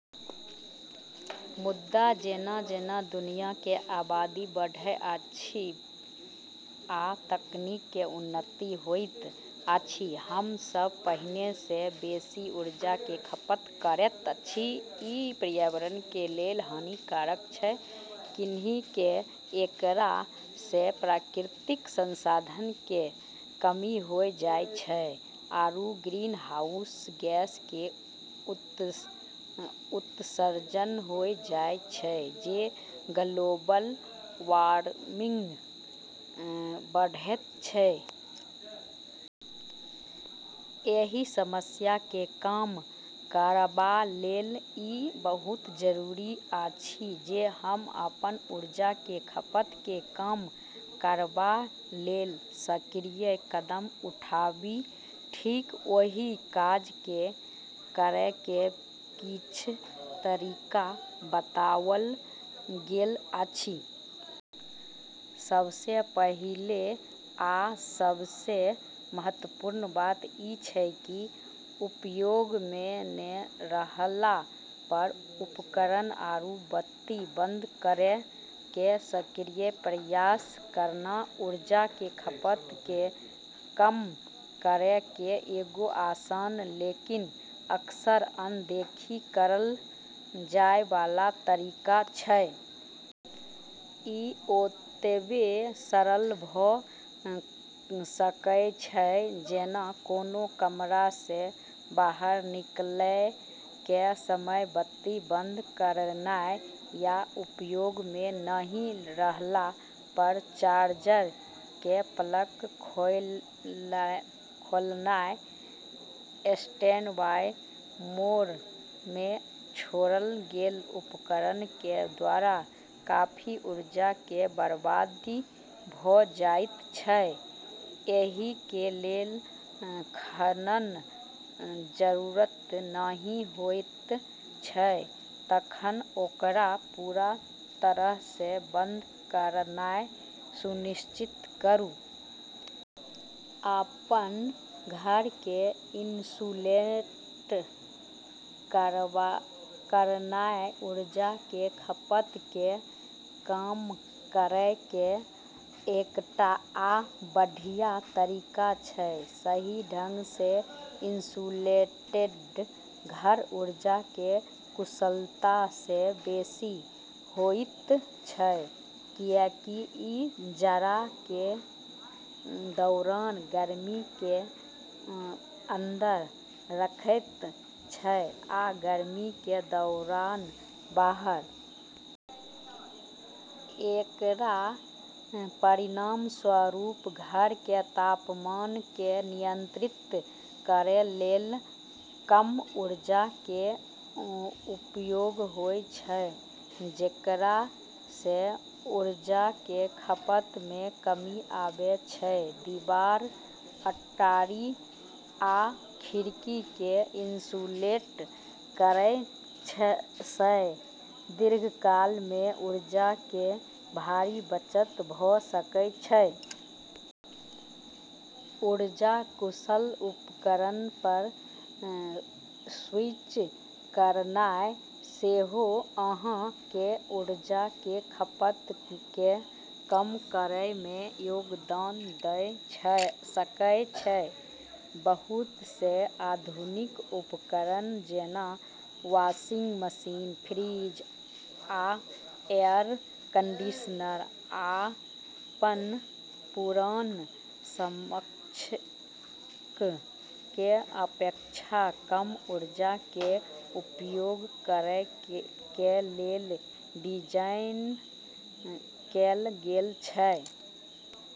मुदा, जेना-जेना दुनिया के आबादी बढ़ैत अछि आ तकनीक के उन्नति होइत अछि, हम सब पहिने सँ बेसी ऊर्जा के खपत करैत छी। ई पर्यावरण के लेल हानिकारक छै, कैन्हेंकि एकरा स॑ प्राकृतिक संसाधन के कमी होय जाय छै, आरू ग्रीनहाउस गैस के उत्सर्जन होय जाय छै जे ग्लोबल वार्मिंग बढ़ाबै छै। एहि समस्या के कम करबा लेल ई बहुत जरूरी अछि जे हम अपन ऊर्जा के खपत के कम करबा लेल सक्रिय कदम उठाबी। ठीक ओहि काज के करय के किछ तरीका बताओल गेल अछि। सबसें पहिले आ सबसें महत्वपूर्ण बात ई छै कि उपयोग म॑ नै रहला पर उपकरण आरू बत्ती बंद करै के सक्रिय प्रयास करना ऊर्जा के खपत क॑ कम करै के एगो आसान लेकिन अक्सर अनदेखी करलऽ जाय वाला तरीका छै। ई ओतबे सरल भऽ सकएय छै जेना कोनों कमरा सँ बाहर निकलएय के समय बत्ती बंद करनाय, या उपयोग मे नहि रहला पर चार्जर के प्लग खोलनाय। स्टैंडबाई मोड मे छोड़ल गेल उपकरण के द्वारा काफी ऊर्जा के बर्बादी भऽ जाइत छै, एहि के लेल जखन जरूरत नहि होयत छै तखन ओकरा पूरा तरह सँ बंद करनाय सुनिश्चित करू। अपन घर के इन्सुलेट करनाय ऊर्जा के खपत के कम करय के एकटा आ बढ़िया तरीका छै। सही ढंग सँ इन्सुलेटेड घर ऊर्जा के कुशलता सँ बेसि होइत छै, कियाकि ई जाड़ा के दौरान गर्मी के अंदर रखैत छै, आ गर्मी के दौरान बाहर। एकरऽ परिणामस्वरूप घर के तापमान क॑ नियंत्रित करै लेल कम ऊर्जा के उपयोग होय छै, जेकरा स॑ ऊर्जा के खपत म॑ कमी आबै छै। दीवार, अटारी आ खिड़की के इन्सुलेट करय सँ दीर्घकाल मे ऊर्जा के भारी बचत भऽ सकय छै। ऊर्जा कुशल उपकरण पर स्विच करनाय सेहो अहाँ के ऊर्जा के खपत के कम करय मे योगदान दऽ सकय छै। बहुत सं आधुनिक उपकरण, जेना वाशिंग मशीन, फ्रिज, आ एयर कंडीशनर, अपन पुरान समकक्षक के अपेक्षा कम ऊर्जा के उपयोग करय के लेल डिजाइन कैल गेल छै।